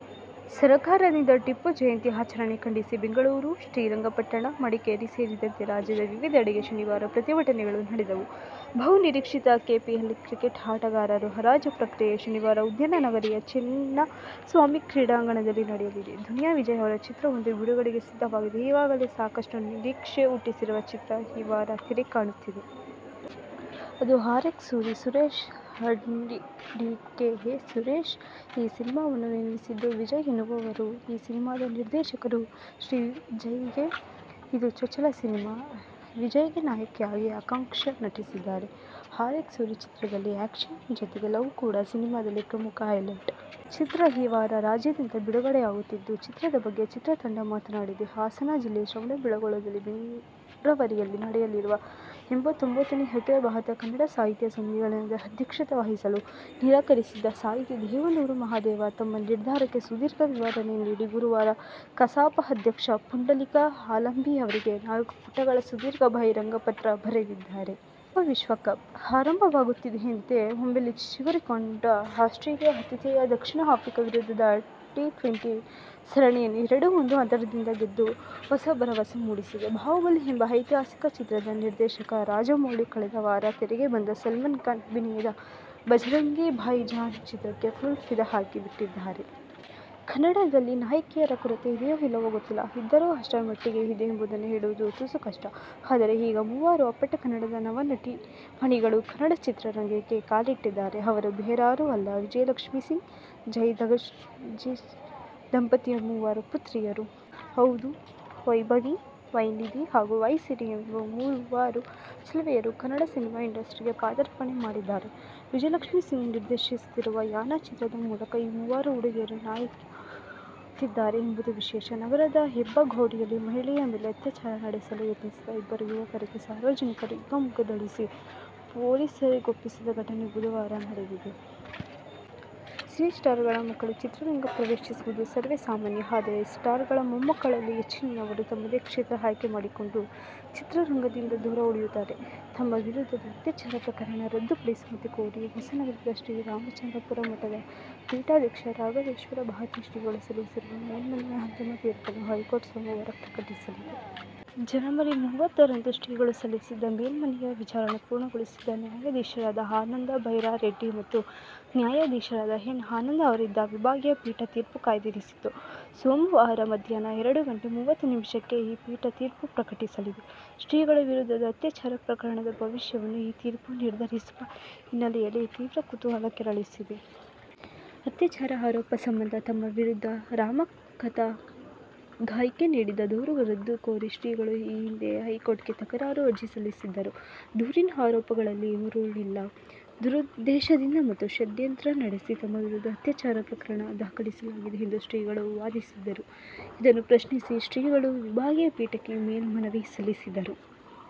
ಸರ್ಕಾರದಿಂದ ಟಿಪ್ಪು ಜಯಂತಿ ಆಚರಣೆ ಖಂಡಿಸಿ ಬೆಂಗಳೂರು, ಶ್ರೀರಂಗಪಟ್ಟಣ, ಮಡಿಕೇರಿ ಸೇರಿದಂತೆ ರಾಜ್ಯದ ವಿವಿಧೆಡೆ ಶನಿವಾರ ಪ್ರತಿಭಟನೆಗಳು ನಡೆದವು. ಬಹು ನಿರೀಕ್ಷಿತ ಕೆಪಿಎಲ್ ಕ್ರಿಕೆಟ್ ಆಟಗಾರರ ಹರಾಜು ಪ್ರಕ್ರಿಯೆ ಶನಿವಾರ ಉದ್ಯಾನನಗರಿಯ ಚಿನ್ನಸ್ವಾಮಿ ಕ್ರೀಡಾಂಗಣದಲ್ಲಿ ನಡೆಯಲಿದೆ. ದುನಿಯಾ ವಿಜಯ್ ಅವರ ಚಿತ್ರವೊಂದು ಬಿಡುಗಡೆಗೆ ಸಿದ್ಧವಾಗಿದೆ. ಈಗಾಗಲೇ ಸಾಕಷ್ಟು ನಿರೀಕ್ಷೆ ಹುಟ್ಟಿಸಿರುವ ಚಿತ್ರ ಈ ವಾರ ತೆರೆಕಾಣುತ್ತಿದೆ. ಅದು "ಆರ್. ಎಕ್ಸ್. ಸೂರಿ'. ಸುರೇಶ್ ಆರ್ಟ್ಸ್ನಡಿ ಕೆ. ಎ. ಸುರೇಶ್ ಈ ಸಿನಿಮಾವನ್ನು ನಿರ್ಮಿಸಿದ್ದು, ಶ್ರೀಜಯ್ ಎನ್ನುವವರು ಈ ಸಿನಿಮಾದ ನಿರ್ದೇಶಕರು. ಶ್ರೀಜಯ್ಗೆ ಇದು ಚೊಚ್ಚಲ ಸಿನಿಮಾ. ವಿಜಯ್ಗೆ ನಾಯಕಿಯಾಗಿ ಆಕಾಂಕ್ಷಾ ನಟಿಸಿದ್ದಾರೆ. "ಆರ್ಎಕ್ಸ್ ಸೂರಿ' ಚಿತ್ರದಲ್ಲಿ ಆ್ಯಕ್ಷನ್ ಜೊತೆಗೆ ಲವ್ ಕೂಡಾ ಸಿನಿಮಾದಲ್ಲಿ ಪ್ರಮುಖ ಹೈಲೈಟ್. ಚಿತ್ರ ಈ ವಾರ ರಾಜ್ಯಾದ್ಯಂತ ಬಿಡುಗಡೆಯಾಗುತ್ತಿದ್ದು, ಚಿತ್ರದ ಬಗ್ಗೆ ಚಿತ್ರತಂಡ ಮಾತನಾಡಿದೆ. ಹಾಸನ ಜಿಲ್ಲೆ ಶ್ರವಣಬೆಳಗೊಳದಲ್ಲಿ ಫೆಬ್ರವರಿಯಲ್ಲಿ ನಡೆಯಲಿರುವ ಎಂಬತ್ತೊಂದನೇ ಅಖೀಲ ಭಾರತ ಕನ್ನಡ ಸಾಹಿತ್ಯ ಸಮ್ಮೇಳನದ ಅಧ್ಯಕ್ಷತೆ ವಹಿಸಲು ನಿರಾಕರಿಸಿದ್ದ ಸಾಹಿತಿ ದೇವನೂರ ಮಹಾದೇವ, ತಮ್ಮ ನಿರ್ಧಾರಕ್ಕೆ ಸುದೀರ್ಘ ವಿವರಣೆ ನೀಡಿ ಗುರುವಾರ ಕಸಾಪ ಅಧ್ಯಕ್ಷ ಪುಂಡಲೀಕ ಹಾಲಂಬಿಯವರಿಗೆ ನಾಲ್ಕುಪುಟಗಳ ಸುದೀರ್ಘ ಬಹಿರಂಗ ಪತ್ರ ಬರೆದಿದ್ದಾರೆ. "ಚುಟುಕು ವಿಶ್ವಕಪ್' ಆರಂಭವಾಗುತ್ತಿದ್ದಂತೆಯೇ ಒಮ್ಮೆಲೆ ಚಿಗುರಿಕೊಂಡ ಆಸ್ಟ್ರೇಲಿಯ ಆತಿಥೇಯ ದಕ್ಷಿಣ ಆಫ್ರಿಕಾ ವಿರುದ್ಧದ ಟಿ-ಟ್ವೆಂಟಿ ಸರಣಿಯನ್ನು ಎರಡು-ಒಂದು ಅಂತರದಿಂದ ಗೆದ್ದು ಹೊಸ ಭರವಸೆ ಮೂಡಿಸಿದೆ. ಬಾಹುಬಲಿ ಎಂಬ ಐತಿಹಾಸಿಕ ಚಿತ್ರದ ನಿರ್ದೇಶಕ ರಾಜಮೌಳಿ ಕಳೆದ ವಾರ ತೆರೆಗೆ ಬಂದ ಸಲ್ಮಾನ್ ಖಾನ್ ಅಭಿನಯದ ಭಜರಂಗಿ ಭಾಯಿಜಾನ್ ಚಿತ್ರಕ್ಕೆ ಫುಲ್ ಫಿದಾ ಆಗಿ ಬಿಟ್ಟಿದ್ದಾರೆ. ಕನ್ನಡದಲ್ಲಿ ನಾಯಕಿಯರ ಕೊರತೆ ಇದೆಯೋ ಇಲ್ಲವೋ ಗೊತ್ತಿಲ್ಲ. ಇದ್ದರೂ ಅದು ಎಷ್ಟರ ಮಟ್ಟಿಗೆ ಇದೆ ಎಂಬುದನ್ನೂ ಹೇಳುವುದು ತುಸು ಕಷ್ಟ. ಆದರೆ, ಈಗ ಮೂವರು ಅಪ್ಪಟ ಕನ್ನಡದ ನವನಟಿಮಣಿಗಳು ಕನ್ನಡ ಚಿತ್ರರಂಗಕ್ಕೆ ಕಾಲಿಟ್ಟಿದ್ದಾರೆ. ಅವರು ಬೇರಾರೂ ಅಲ್ಲ, ವಿಜಯಲಕ್ಷ್ಮೀಸಿಂಗ್, ಜೈ ಜಗದೀಶ್ ದಂಪತಿಯ ಮೂವರು ಪುತ್ರಿಯರು. ಹೌದು, "ವೈಭವಿ, ವೈನಿಧಿ ಹಾಗು ವೈಸಿರಿ' ಎಂಬ ಮೂವರು ಚೆಲುವೆಯರು ಕನ್ನಡ ಸಿನಿಮಾ ಇಂಡಸ್ಟ್ರಿಗೆ ಪಾದಾರ್ಪಣೆ ಮಾಡಿದ್ದಾರೆ. ವಿಜಯಲಕ್ಷ್ಮೀ ಸಿಂಗ್ ನಿರ್ದೇಶಿಸುತ್ತಿರುವ "ಯಾನ' ಚಿತ್ರದ ಮೂಲಕ ಈ ಮೂವರು ಹುಡುಗಿಯರು ನಾಯಕಿಯರಾಗುತ್ತಿದ್ದಾರೆ ಎಂಬುದು ವಿಶೇಷ. ನಗರದ ಹೆಬ್ಬಗೋಡಿಯಲ್ಲಿ ಮಹಿಳೆಯ ಮೇಲೆ ಅತ್ಯಾಚಾರ ನಡೆಸಲು ಯತ್ನಿಸಿದ ಇಬ್ಬರು ಯುವಕರಿಗೆ ಸಾರ್ವಜನಿಕರು ಹಿಗ್ಗಾಮುಗ್ಗಾ ಥಳಿಸಿ ಪೊಲೀಸರಿಗೊಪ್ಪಿಸಿದ ಘಟನೆ ಬುಧವಾರ ನಡೆದಿದೆ. ಸಿನಿ ಸ್ಟಾರ್ ಗಳ ಮಕ್ಕಳು ಚಿತ್ರರಂಗ ಪ್ರವೇಶಿಸುವುದು ಸರ್ವೇ ಸಾಮಾನ್ಯ. ಆದರೆ ಸ್ಟಾರ್ ಗಳ ಮೊಮ್ಮಕ್ಕಳಲ್ಲಿ ಹೆಚ್ಚಿನವರೂ ತಮ್ಮದೇ ಕ್ಷೇತ್ರ ಆಯ್ಕೆ ಮಾಡಿಕೊಂಡು ಚಿತ್ರರಂಗದಿಂದ ದೂರ ಉಳಿಯುತ್ತಾರೆ. ತಮ್ಮ ವಿರುದ್ಧದ ಅತ್ಯಾಚಾರ ಪ್ರಕರಣ ರದ್ದು ಪಡಿಸುವಂತೆ ಕೋರಿ ಹೊಸನಗರದ ಶ್ರೀ ರಾಮಚಂದ್ರಾಪುರ ಮಠದ ಪೀಠಾಧ್ಯಕ್ಷ ರಾಘವೇಶ್ವರ ಭಾರತಿ ಶ್ರೀಗಳು ಸಲ್ಲಿಸಿರುವ ಮೇಲ್ಮನವಿಯ ಅಂತಿಮ ತೀರ್ಪನ್ನು ಹೈಕೋರ್ಟ್ ಸೋಮವಾರ ಪ್ರಕಟಿಸಲಿದೆ. ಜನವರಿ ಮೂವತ್ತರಂದು ಶ್ರೀಗಳು ಸಲ್ಲಿಸಿದ್ದ ಮೇಲ್ಮನವಿಯ ವಿಚಾರಣೆ ಪೂರ್ಣಗೊಳಿಸಿದ್ದ ನ್ಯಾಯಾಧೀಶರಾದ ಆನಂದ ಬೈರಾರೆಡ್ಡಿ ಮತ್ತು ನ್ಯಾಯಾಧೀಶರಾದ ಎನ್. ಆನಂದ ಅವರಿದ್ದ ವಿಭಾಗೀಯ ಪೀಠ ತೀರ್ಪು ಕಾಯ್ದಿರಿಸಿತ್ತು. ಸೋಮವಾರ ಮಧ್ಯಾಹ್ನ ಎರಡು ಗಂಟೆ ಮೂವತ್ತು ನಿಮಿಷಕ್ಕೆ ಈ ಪೀಠ ತೀರ್ಪು ಪ್ರಕಟಿಸಲಿದೆ. ಶ್ರೀಗಳ ವಿರುದ್ಧದ ಅತ್ಯಾಚಾರ ಪ್ರಕರಣದ ಭವಿಷ್ಯವನ್ನು ಈ ತೀರ್ಪು ನಿರ್ಧರಿಸುವ ಹಿನ್ನೆಲೆಯಲ್ಲಿ ತೀವ್ರ ಕುತೂಹಲ ಕೆರಳಿಸಿದೆ. ಅತ್ಯಾಚಾರ ಆರೋಪ ಸಂಬಂಧ ತಮ್ಮ ವಿರುದ್ಧ ರಾಮಕಥಾ ಗಾಯಕಿ ನೀಡಿದ್ದ ದೂರು ರದ್ದು ಕೋರಿ ಶ್ರೀಗಳು ಈ ಹಿಂದೆ ಹೈಕೋರ್ಟ್ಗೆ ತಕರಾರು ಅರ್ಜಿ ಸಲ್ಲಿಸಿದ್ದರು. ದೂರಿನ ಆರೋಪಗಳಲ್ಲಿ ಹುರುಳಿಲ್ಲ. ದುರುದ್ದೇಶದಿಂದ ಮತ್ತು ಷಡ್ಯಂತ್ರ ನಡೆಸಿ ತಮ್ಮ ವಿರುದ್ಧ ಅತ್ಯಾಚಾರ ಪ್ರಕರಣ ದಾಖಲಿಸಲಾಗಿದೆ ಎಂದು ಶ್ರೀಗಳು ವಾದಿಸಿದ್ದರು. ಇದನ್ನು ಪ್ರಶ್ನಿಸಿ ಶ್ರೀಗಳು ವಿಭಾಗೀಯ ಪೀಠಕ್ಕೆ ಮೇಲ್ಮನವಿ ಸಲ್ಲಿಸಿದ್ದರು.